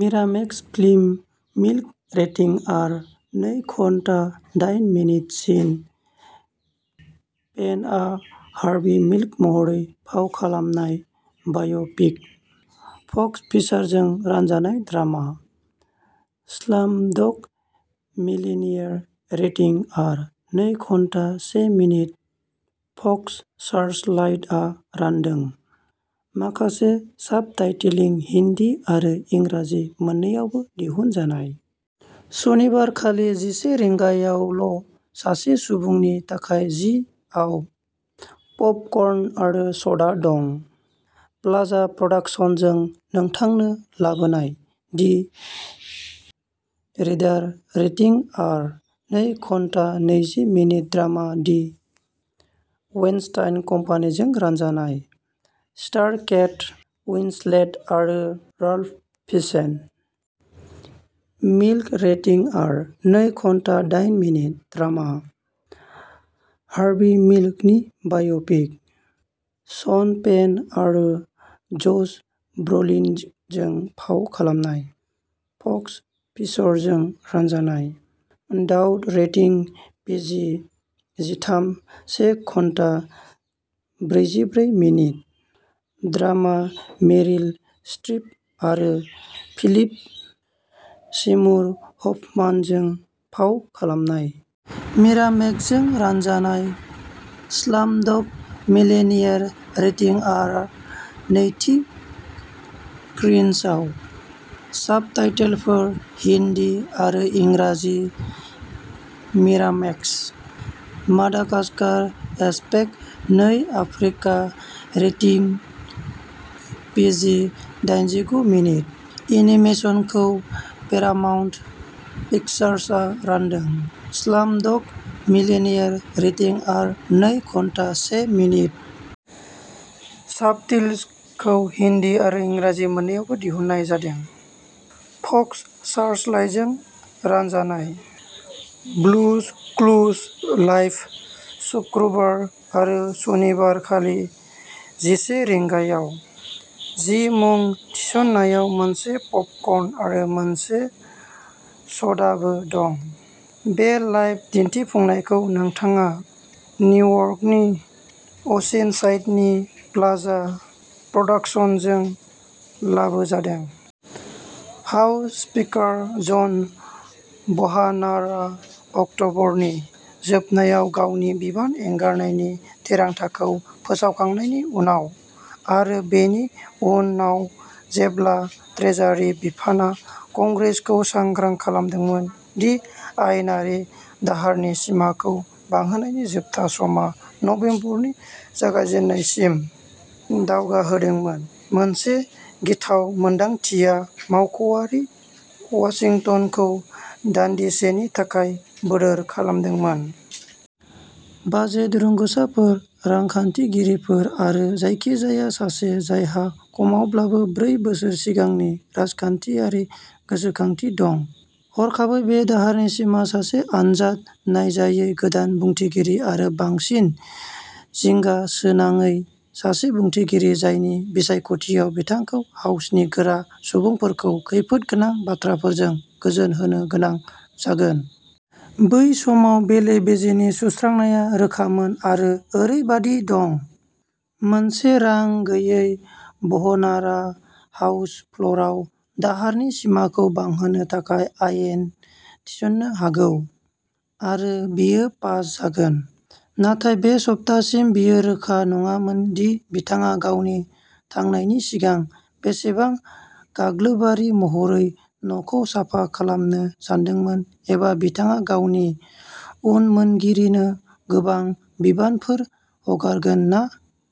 Miramax films "Milk" rating R, नै घन्टा दाइन मिनिट सीन पेनआ हार्भि मिल्क महरै फाव खालामनाय बाय'पिक। फ'क्स फिचारजों रानजानाय drama. "Slumdog Millionaire" rating R, नै घन्टा से मिनिट फक्स सार्चलाइटआ रानदों। माखासे साबटाइटेलिं, हिन्दी आरो इंराजि मोननैयावबो दिहुनजानाय। सनिबार खालि जिसे रिंगायावल' सासे सुबुंनि थाखाय जि आव पपकर्न आरो स'डा दं! प्लाजा प्रडाक्शन्सजों नोंथांनो लाबोनाय। "दि रिडार" रेटिं आर, नै घन्टा नै मिनिट ड्रामा दि वेइनस्टाइन कम्पानिजों रानजानाय। स्टार केट उइन्सलेट आरो राल्फ फिसेन। "मिल्क" रेटिं आर, नै घन्टा दाइन मिनिट। ड्रामा। हार्भि मिल्कनि बाय'पिक। शन पेन आरो जश ब्र'लिनजों फाव खालामनाय। फ'क्स फिचरजों रानजानाय। "डाउट" रेटिं पिजि जिथाम, से घन्टा ब्रैजिब्रै मिनिट। ड्रामा मेरिल स्ट्रिप आरो फिलिप सेमुर हफम्यानजों फाव खालामनाय। मिरामेक्सजों रानजानाय। "स्लामडग मिलिनेयार" रेटिं आर, नैथिक स्क्रिनआव। साबटाइटेलफोर, हिन्दी आरो इंराजि मिरामेक्स। "मादागास्कारः एस्केप नै आफ्रिका" रेटिं पिजि, दाइनजिगु मिनिट। एनिमेशनखौ पेरामाउन्ट पिक्चार्सआ रानदों। "स्लामडग मिलिनेयार" रेटिं आर, नै घन्टा से मिनिट। साबटिल्सखौ हिन्दी आरो इंराजि मोन्नैावबो दिहुननाय जादों। फक्स सार्चलाइटजों रानजानाय। "ब्लुज क्लुज लाइभ" शुक्रबार आरो सनिबार खालि जिसे रिंगायाव। जि मुं थिसननायाव मोनसे पपकर्न आरो मोनसे स'डाबो दं, बे लाइभ दिन्थिफुंनायखौ नोंथाङा निउयर्कनि अ'सिनसाइडनि प्लाजा प्रडाक्शन्सजों लाबोजादों। हाउस स्पिकार जन ब'हनारआ अक्ट'बरनि जोबनायाव गावनि बिबान एंगारनायनि थिरांथाखौ फोसावखांनायनि उनाव, आरो बेनि उनाव जेब्ला ट्रेजारि बिफानआ कंग्रेसखौ सांग्रां खालामदोंमोन दि आयेनारि दाहारनि सिमाखौ बांहोनायनि जोबथा समआ नबेम्बरनि जागायजेन्नायसिम दावगाहोदोंमोन, मोनसे गिथाव मोन्दांथिया मावख'आरि वाशिंटनखौ दानदिसेनि थाखाय बोदोर खालामदोंमोन। बाजेट रोंग'साफोर, रांखान्थिगिरिफोर, आरो जायखिजाया सासे जायहा खमावब्लाबो ब्रै बोसोर सिगांनि राजखान्थियारि गोसोखांथि दं, हरखाबै बे दाहारनि सिमाआ सासे आनजाद नायजायै गोदान बुंथिगिरि-आरो, बांसिन जिंगासोनांयै, सासे बुंथिगिरि जायनि बिसायख'थियाव बिथांखौ हाउसनि गोरा सुबुंफोरखौ खैफोदगोनां बाथ्राफोरजों गोजोनहोनो गोनां जागोन। बै समाव बेले-बेजेनि सुस्रांनाया रोखामोन, आरो ओरैबायदि दंः मोनसे रां गैयै ब'हनारआ हाउस फ्ल'रआव दाहारनि सिमाखौ बांहोनो थाखाय आयेन थिसन्नो हागौ, आरो बेयो पास जागोन। नाथाय बे सप्तासिम बेयो रोखा नङामोन दि बिथाङा गावनि थांनायनि सिगां बेसेबां गाग्लोबारि महरै न'खौ साफा खालामनो सानदोंमोन, एबा बिथाङा गावनि उनमोनगिरिनो गोबां बिबानफोर हगारगोन ना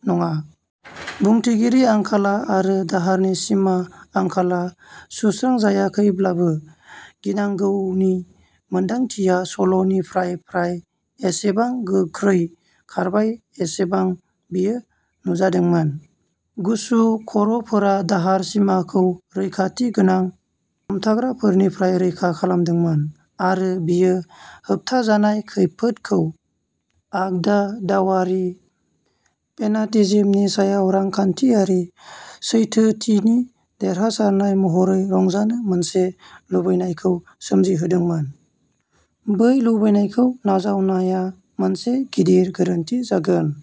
नङा। बिबुंथिारि आंखाला आरो दाहारनि सिमा आंखाला सुस्रांजायाखैब्लाबो, गिनांगौनि मोनदांथिया सल'निफ्राय फ्राय एसेबां गोख्रै खारबाय जेसेबां बेयो नुजादोंमोन। गुसु खर'फोरा दाहार सिमाखौ रैखाथि गोनां हमथाग्राफोरनिफ्राय रैखा खालामदोंमोन। आरो बेयो होबथाजानाय खैफोदखौ आगदा-दावआरि फेनाटिजिमनि सायाव राजखान्थियारि सैथोथिनि देरहासारनाय महरै रंजानो मोनसे लुबैनायखौ सोमजिहोदोंमोन। बै लुबैनायखौ नाजावनाया मोनसे गिदिर गोरोन्थि जागोन।